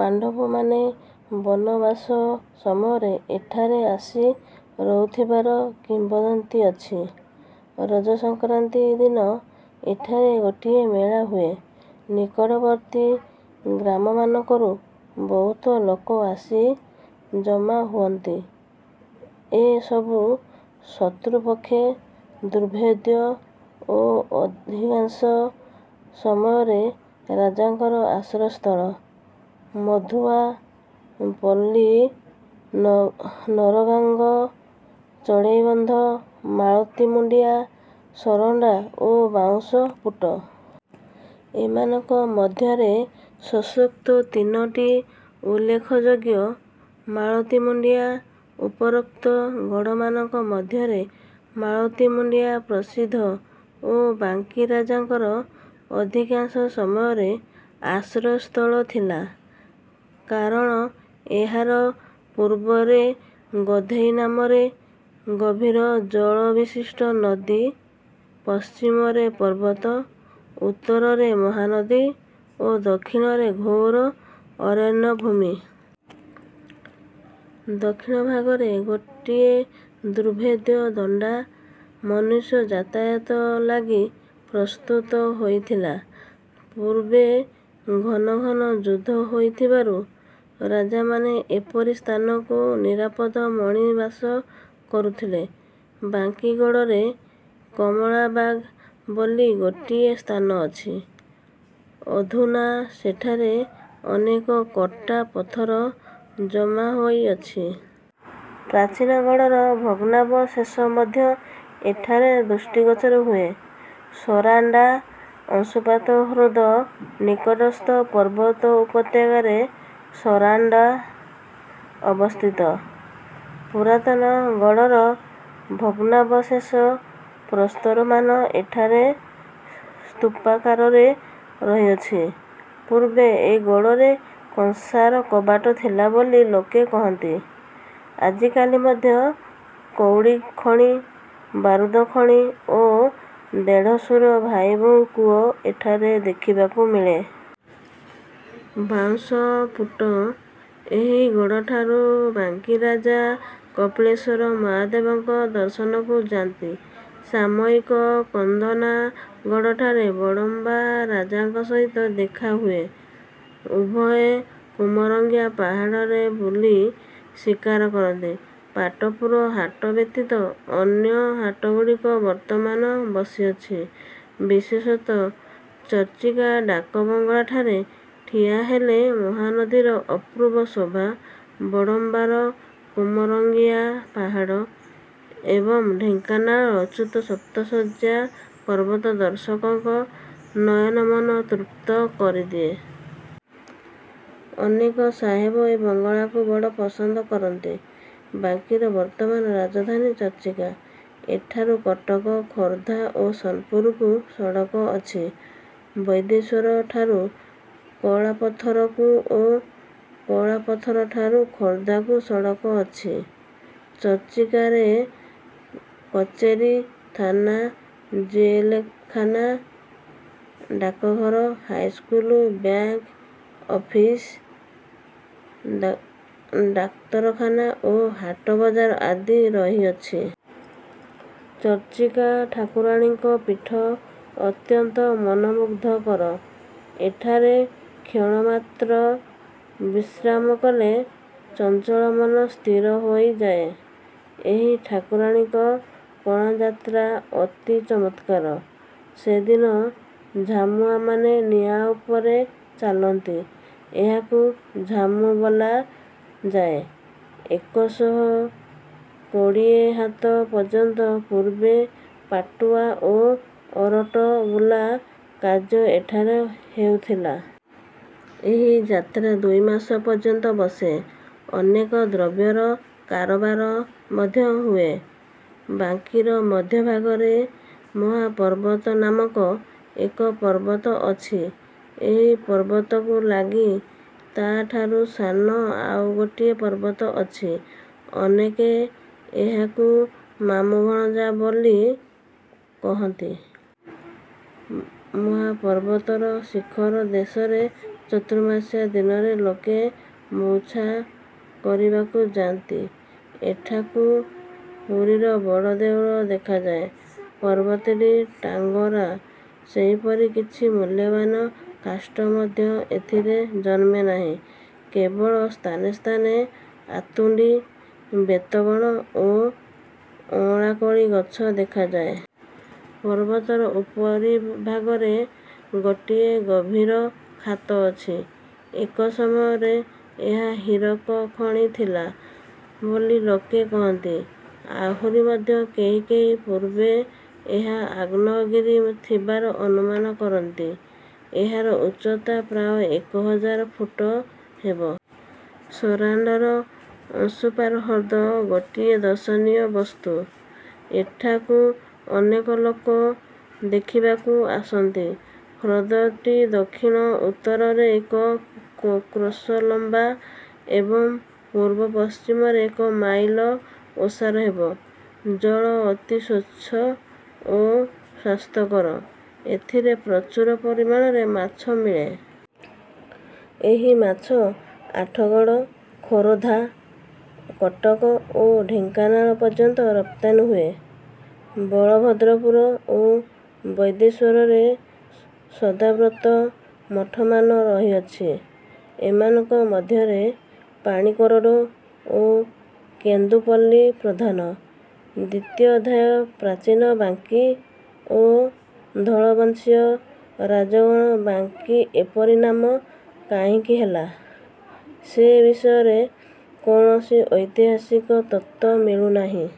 ପାଣ୍ଡବମାନେ ବନବାସ ସମୟରେ ଏଠାରେ ଆସି ରହିଥିବାର କିମ୍ବଦନ୍ତୀ ଅଛି। ରଜସଂକ୍ରାନ୍ତି ଦିନ ଏଠାରେ ଗୋଟିଏ ମେଳା ହୁଏ। ନିକଟବର୍ତ୍ତୀ ଗ୍ରାମମାନଙ୍କରୁ ବହୁତ ଲୋକ ଆସି ଜମା ହୁଅନ୍ତି। ଏ ସବୁ ଶତ୍ରୁପକ୍ଷେ ଦୁର୍ଭେଦ୍ୟ ଓ ଅଧିକାଂଶ ସମୟରେ ରାଜାଙ୍କର ଆଶ୍ରୟ ସ୍ଥଳ। ମଧୁଆ ପଲ୍ଲୀ, ନରଗାଙ୍ଗ, ଚଢ଼େଇବନ୍ଧ, ମାଳତୀ ମୁଣ୍ଡିଆ, ସରଣ୍ଡା ଓ ବାଉଁଶ ପୁଟ। ଏମାନଙ୍କ ମଧ୍ୟରେ ଶେଷୋକ୍ତ ତିନୋଟି ଉଲ୍ଲେଖଯୋଗ୍ୟ। ମାଳତୀମୁଣ୍ଡିଆ- ଉପରୋକ୍ତ ଗଡ଼ମାନଙ୍କ ମଧ୍ୟରେ ମାଳତୀ ମୁଣ୍ଡିଆ ପ୍ରସିଦ୍ଧ ଓ ବାଙ୍କୀ ରାଜାଙ୍କର ଅଧିକାଂଶ ସମୟରେ ଆଶ୍ରୟ ସ୍ଥଳ ଥିଲା; କାରଣ ଏହାର ପୂର୍ବରେ ଗୋଧେଇ ନାମରେ ଗଭୀର ଜଳବିଶିଷ୍ଟ ନଦୀ, ପଶ୍ଚିମରେ ପର୍ବତ, ଉତ୍ତରରେ ମହାନଦୀ ଓ ଦକ୍ଷିଣରେ ଘୋର ଅରଣ୍ୟଭୂମି। ଦକ୍ଷିଣ ଭାଗରେ, ଗୋଟିଏ ଦୁର୍ଭେଦ୍ୟ ଦଣ୍ଡା ମନୁଷ୍ୟ ଯାତାୟାତ ଲାଗି ପ୍ରସ୍ତୁତ ହୋଇଥିଲା। ପୂର୍ବେ ଘନ ଘନ ଯୁଦ୍ଧ ହୋଇଥିବାରୁ ରାଜାମାନେ ଏପରି ସ୍ଥାନକୁ ନିରାପଦ ମଣି ବାସ କରୁଥିଲେ। ବାଙ୍କୀ ଗଡ଼ରେ "କମଳା ବାଗ" ବୋଲି ଗୋଟିଏ ସ୍ଥାନ ଅଛି। ଅଧୁନା ସେଠାରେ ଅନେକ କଟା ପଥର ଜମା ହୋଇଅଛି। ପ୍ରାଚୀନ ଗଡ଼ର ଭଗ୍ନାବଶେଷ ମଧ୍ୟ ଏଠାରେ ଦୃଷ୍ଟିଗୋଚର ହୁଏ। ସରଣ୍ଡା- ଅଂଶୁପା ହ୍ରଦ ନିକଟସ୍ଥ ପର୍ବତ ଉପତ୍ୟକାରେ ସରଣ୍ଡା ଅବସ୍ଥିତ। ପୁରାତନ ଗଡ଼ର ଭଗ୍ନାବଶେଷ ପ୍ରସ୍ତରମାନ ଏଠାରେ ସ୍ତୂପାକାରରେ ରହିଅଛି। ପୂର୍ବେ ଏ ଗଡ଼ରେ କଂସାର କବାଟ ଥିଲା ବୋଲି ଲୋକେ କହନ୍ତି। ଆଜିକାଲି ମଧ୍ୟ କଉଡ଼ି ଖଣି, ବାରୁଦଖଣି ଓ ଦେଢ଼ଶୁର ଭାଇବୋହୂ କୂଅ ଏଠାରେ ଦେଖିବାକୁ ମିଳେ। ବାଉଁଶପୁଟ- ଏହି ଗଡ଼ଠାରୁ ବାଙ୍କୀରାଜା କପିଳେଶ୍ଵର ମହାଦେବଙ୍କ ଦର୍ଶନକୁ ଯାନ୍ତି। ସାମୟିକ କଦନା ଗଡ଼ଠାରେ ବଡ଼ମ୍ବା ରାଜାଙ୍କ ସହିତ ଦେଖା ହୁଏ। ଉଭୟେ କୁମରଙ୍ଗିଆ ପାହାଡ଼ରେ ବୁଲି ଶିକାର କରନ୍ତି। ପାଟପୁର ହାଟ ବ୍ୟତୀତ ଅନ୍ୟ ହାଟଗୁଡ଼ିକ ବର୍ତ୍ତମାନ ବସିଅଛି। ବିଶେଷତଃ ଚର୍ଚ୍ଚିକା ଡାକ ବଙ୍ଗଳାଠାରେ ଠିଆ ହେଲେ ମହାନଦୀର ଅପୂର୍ବ ଶୋଭା, ବଡ଼ମ୍ବାର କୁମରଙ୍ଗିଆ ପାହାଡ଼ ଏବଂ ଢେଙ୍କାନାଳର ଅତ୍ୟୁଚ୍ଚ ସପ୍ତଶଯ୍ୟା ପର୍ବତ ଦର୍ଶକର ନୟନମନ ତୃପ୍ତ କରିଦିଏ। ଅନେକ ସାହେବ ଏ ବଙ୍ଗଳାକୁ ବଡ଼ ପସନ୍ଦ କରନ୍ତି। ବାଙ୍କୀର ବର୍ତ୍ତମାନ ରାଜଧାନୀ ଚର୍ଚ୍ଚିକା। ଏଠାରୁ କଟକ, ଖୋର୍ଦ୍ଧା ଓ ସୋନପୁରକୁ ସଡ଼କ ଅଛି। ବୈଦ୍ୟେଶ୍ଵରଠାରୁ କଳାପଥରକୁ ଓ କଳାପଥରଠାରୁ ଖୋର୍ଦ୍ଧାକୁ ସଡ଼କ ଅଛି। ଚର୍ଚ୍ଚିକାରେ କଚେରୀ, ଥାନା, ଜେଲଖାନା, ଡାକଘର, ହାଇସ୍କୁଲ, ବ୍ୟାଙ୍କ୍ ଅଫିସ୍, ଡାକ୍ତରଖାନା ଓ ହାଟ ବଜାର ଆଦି ରହିଅଛି। ଚର୍ଚ୍ଚିକା ଠାକୁରାଣୀଙ୍କ ପୀଠ ଅତ୍ୟନ୍ତ ମନୋମୁଗ୍ଧକର। ଏଠାରେ କ୍ଷଣମାତ୍ର ବିଶ୍ରାମ କଲେ ଚଞ୍ଚଳ ମନ ସ୍ଥିର ହୋଇଯାଏ। ଏହି ଠାକୁରାଣୀଙ୍କ ପଣାଯାତ୍ରା ଅତି ଚମତ୍କାର। ସେ ଦିନ ଝାମୁଆଁମାନେ ନିଆଁ ଉପରେ ଚାଲନ୍ତି। ଏହାକୁ ଝାମୁ ବୋଲାଯାଏ। ଏକଶ କୋଡ଼ିଏ ହାତ ପର୍ଯ୍ୟନ୍ତ ପୂର୍ବେ ପାଟୁଆ ଓ ଅରଟ ବୁଲା କାର୍ଯ୍ୟ ଏଠାରେ ହେଉଥିଲା। ଏହି ଯାତ୍ରା ଦୁଇ ମାସ ପର୍ଯ୍ୟନ୍ତ ବସେ। ଅନେକ ଦ୍ରବ୍ୟର କାରବାର ମଧ୍ୟ ହୁଏ। ବାଙ୍କୀର ମଧ୍ୟଭାଗରେ ମହାପର୍ବତ ନାମକ ଏକ ପର୍ବତ ଅଛି। ଏହି ପର୍ବତକୁ ଲାଗି ତା ଠାରୁ ସାନ ଆଉ ଗୋଟିଏ ପର୍ବତ ଅଛି। ଅନେକେ ଏହାକୁ "ମାମୁ ଭଣଞ୍ଜା'' ବୋଲି କହନ୍ତି। ମହାପର୍ବତର ଶିଖର ଦେଶରେ ଚତୁର୍ମାସ୍ୟା ଦିନରେ ଲୋକେ ମଉଛା କରିବାକୁ ଯାନ୍ତି। ଏଠାକୁ ପୁରୀର ବଡ଼ ଦେଉଳ ଦେଖାଯାଏ। ପର୍ବତଟି ଟାଙ୍ଗରା। ସେପରି କିଛି ମୁଲ୍ୟବାନ୍ କାଷ୍ଠ ମଧ୍ୟ ଏଥିରେ ଜନ୍ମେ ନାହିଁ। କେବଳ ସ୍ଥାନେ ସ୍ଥାନେ ଆତୁଣ୍ଡି, ବେତ ବଣ ଓ ଅଁଳାକୋଳି ଗଛ ଦେଖାଯାଏ। ପର୍ବତର ଉପରି ଭାଗରେ ଗୋଟିଏ। ଗଭୀର ଖାତ ଅଛି। ଏକ ସମୟରେ ଏହା ହୀରକ ଖଣି ଥିଲା ବୋଲି ଲୋକେ କହନ୍ତି। ଆହୁରି ମଧ୍ୟ କେହି କେହି ପୂର୍ବେ ଏହା ଆଗ୍ନେୟଗିରି ଥିବାର ଅନୁମାନ କରନ୍ତି। ଏହାର ଉଚ୍ଚତା ପ୍ରାୟ ଏକ ହଜାର ଫୁଟ ହେବ। ସରଣ୍ଡାର ଅଂଶୁପା ହ୍ରଦ ଗୋଟିଏ ଦର୍ଶନୀୟ ବସ୍ତୁ। ଏଠାକୁ ଅନେକ ଲୋକ ଦେଖିବାକୁ ଆସନ୍ତି। ହ୍ରଦଟି ଦକ୍ଷିଣ ଉତ୍ତରରେ ଏକ କ୍ରୋଶ ଲମ୍ବା ଏବଂ ପୂର୍ବ ପଶ୍ଚିମରେ ଏକ ମାଇଲ ଓସାର ହେବ। ଜଳ ଅତି ସ୍ଵଚ୍ଛ ଓ ସ୍ଵାସ୍ଥ୍ୟକର। ଏଥିରେ ପ୍ରଚୁର ପରିମାଣରେ ମାଛ ମିଳେ। ଏହି ମାଛ ଆଠଗଡ଼, ଖୋରଧା, କଟକ ଓ ଢେଙ୍କାନାଳ ପର୍ଯ୍ୟନ୍ତ ରପ୍ତାନି ହୁଏ। ବଳଭଦ୍ରପୁର ଓ ବୈଦ୍ୟେଶ୍ଵରରେ ସଦାବ୍ରତ ମଠମାନ ରହିଅଛି। ଏମାନଙ୍କ ମଧ୍ୟରେ ପାଣିକୋରଡ଼ ଓ କେନ୍ଦୁପଲ୍ଲୀ ପ୍ରଧାନ। ଦ୍ଵିତୀୟ ଅଧ୍ୟାୟ ପ୍ରାଚୀନ ବାଙ୍କୀ ଓ ଧଳବଂଶୀୟ ରାଜାଗଣ ବାଙ୍କୀ ଏପରି ନାମ କାହିଁକି ହେଲା, ସେ ବିଷୟରେ କୌଣସି ଐତିହାସିକ ତତ୍ତ୍ଵ ମିଳୁ ନାହିଁ।